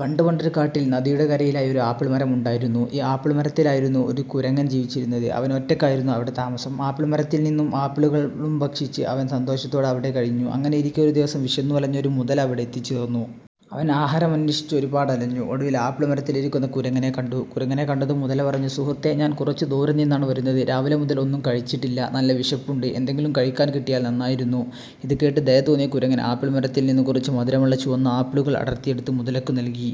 പണ്ടു പണ്ടൊരു കാട്ടിൽ നദിയുടെ കരയിലായി ഒരു ആപ്പിൾ മരം ഉണ്ടായിരുന്നു. ഈ ആപ്പിൾ മരത്തിലായിരുന്നു ഒരു കുരങ്ങൻ ജീവിച്ചിരുന്നത്. അവൻ ഒറ്റയ്ക്കായിരുന്നു അവിടെ താമസം. ആപ്പിൾ മരത്തിൽ നിന്നും ആപ്പിളുകളും ഭക്ഷിച്ച് അവൻ സന്തോഷത്തോടെ അവിടെ കഴിഞ്ഞു. അങ്ങനെയിരിക്കെ ഒരു ദിവസം വിശന്നു വലഞ്ഞ ഒരു മുതല അവിടെ എത്തിച്ചേർന്നു. അവൻ ആഹാരം അന്വേഷിച്ചു ഒരുപാട് അലഞ്ഞു. ഒടുവിൽ ആപ്പിൾ മരത്തിലിരിക്കുന്ന കുരങ്ങനെ കണ്ടു. കുരങ്ങനെ കണ്ടതും മുതല പറഞ്ഞു "സുഹൃത്തേ, ഞാൻ കുറച്ചു ദൂരെ നിന്നാണ് വരുന്നത്. രാവിലെ മുതൽ ഒന്നും കഴിച്ചിട്ടില്ല. നല്ല വിശപ്പുണ്ട് എന്തെങ്കിലും കഴിക്കാൻ കിട്ടിയാൽ നന്നായിരുന്നു. " ഇതു കേട്ട് ദയ തോന്നിയ കുരങ്ങൻ ആപ്പിൾ മരത്തിൽ നിന്നും കുറച്ച് മധുരമുള്ള ചുവന്ന ആപ്പിളുകൾ അടർത്തിയെടുത്തു മുതലയ്ക്കു നൽകി.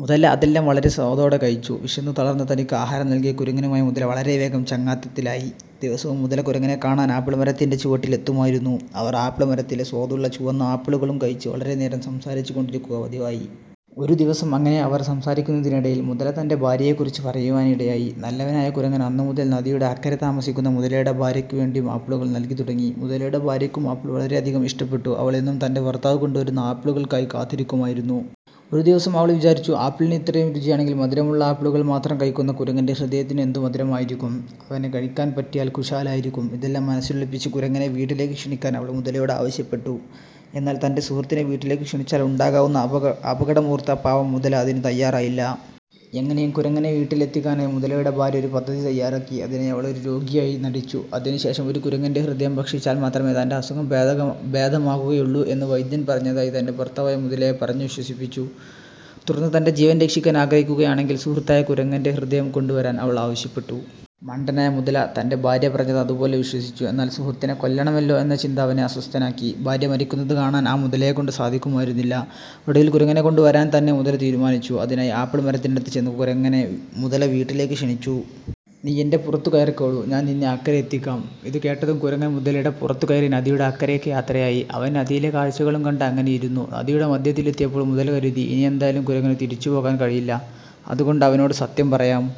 മുതല അതെല്ലാം വളരെ സ്വാദോടെ കഴിച്ചു. വിശന്നു തളർന്ന തനിക്ക് ആഹാരം നൽകിയ കുരങ്ങനുമായി മുതല വളരെ വേഗം ചങ്ങാത്തത്തിലായി. ദിവസവും മുതല കുരങ്ങനെ കാണാൻ ആപ്പിൾ മരത്തിന്റെ ചുവട്ടിൽ എത്തുമായിരുന്നു. അവർ ആപ്പിൾ മരത്തിലെ സ്വാദുള്ള ചുവന്ന ആപ്പിളുകളും കഴിച്ചു വളരെ നേരം സംസാരിച്ചു കൊണ്ടിരിക്കുക പതിവായി. ഒരു ദിവസം അങ്ങനെ അവർ സംസാരിക്കുന്നതിനിടയിൽ മുതല തന്റെ ഭാര്യയെക്കുറിച്ചു പറയുവാനിടയായി. നല്ലവനായ കുരങ്ങൻ അന്നു മുതൽ നദിയുടെ അക്കരെ താമസിക്കുന്ന മുതലയുടെ ഭാര്യയ്ക്കു വേണ്ടിയും ആപ്പിളുകൾ നൽകി തുടങ്ങി. മുതലയുടെ ഭാര്യയ്ക്കും ആപ്പിൾ വളരെയധികം ഇഷ്ടപ്പെട്ടു. അവൾ എന്നും തന്റെ ഭർത്താവ് കൊണ്ടു വരുന്ന ആപ്പിളുകൾക്കായി കാത്തിരിക്കുമായിരുന്നു. ഒരു ദിവസം അവൾ വിചാരിച്ചു "ആപ്പിളിന് ഇത്രയും രുചിയാണെങ്കിൽ മധുരമുള്ള ആപ്പിളുകൾ മാത്രം കഴിക്കുന്ന കുരങ്ങന്റെ ഹൃദയത്തിന് എന്തു മധുരമായിരിക്കും? അവനെ കഴിക്കാൻ പറ്റിയാൽ കുശാലായിരിക്കും". ഇതെല്ലാം മനസ്സിലൊളിപ്പിച്ച് കുരങ്ങനെ വീട്ടിലേക്ക് ക്ഷണിക്കാൻ അവൾ മുതലയോട് ആവശ്യപ്പെട്ടു. എന്നാൽ തന്റെ സുഹൃത്തിനെ വീട്ടിലേക്കു ക്ഷണിച്ചാൽ ഉണ്ടാകാവുന്ന അപകടം ഓർത്ത് ആ പാവം മുതല അതിനു തയ്യാറായില്ല. എങ്ങനെയും കുരങ്ങനെ വീട്ടിൽ എത്തിക്കാനായി മുതലയുടെ ഭാര്യ ഒരു പദ്ധതി തയ്യാറാക്കി. അതിനായി അവൾ ഒരു രോഗിയായി നടിച്ചു. അതിനു ശേഷം ഒരു കുരങ്ങന്റെ ഹൃദയം ഭക്ഷിച്ചാൽ മാത്രമേ തന്റെ അസുഖം ഭേദമാകുകയുള്ളൂ എന്ന് വൈദ്യൻ പറഞ്ഞതായി തന്റെ ഭർത്താവായ മുതലയെ പറഞ്ഞു വിശ്വസിപ്പിച്ചു. തുടർന്ന് തന്റെ ജീവൻ രക്ഷിക്കാൻ ആഗ്രഹിക്കുകയാണെങ്കിൽ സുഹൃത്തായ കുരങ്ങന്റെ ഹൃദയം കൊണ്ടുവരാൻ അവൾ ആവശ്യപ്പെട്ടു. മണ്ടനായ മുതല തന്റെ ഭാര്യ പറഞ്ഞത് അതുപോലെ വിശ്വസിച്ചു. എന്നാൽ സുഹൃത്തിനെ കൊല്ലണമല്ലോ എന്ന ചിന്ത അവനെ അസ്വസ്ഥനാക്കി. ഭാര്യ മരിക്കുന്നത് കാണാൻ ആ മുതലയെ കൊണ്ട് സാധിക്കുമായിരുന്നില്ല. ഒടുവിൽ കുരങ്ങനെ കൊണ്ടു വരാൻ തന്നെ മുതല തീരുമാനിച്ചു. അതിനായി ആപ്പിൾ മരത്തിനടുത്തു ചെന്ന് കുരങ്ങനെ മുതല വീട്ടിലേക്ക് ക്ഷണിച്ചു. നീ എന്റെ പുറത്തു കയറിക്കോളൂ. ഞാൻ നിന്നെ അക്കരെ എത്തിക്കാം. " ഇതു കേട്ടതും കുരങ്ങൻ മുതലയുടെ പുറത്തു കയറി നദിയുടെ അക്കരേയ്ക്ക് യാത്രയായി. അവൻ നദിയിലെ കാഴ്ചകളും കണ്ടു അങ്ങനെ ഇരുന്നു. നദിയുടെ മധ്യത്തിൽ എത്തിയപ്പോൾ മുതല കരുതി "ഇനി എന്തായാലും കുരങ്ങനു തിരിച്ചു പോകാൻ കഴിയില്ല. അതുകൊണ്ട് അവനോടു സത്യം പറയാം. "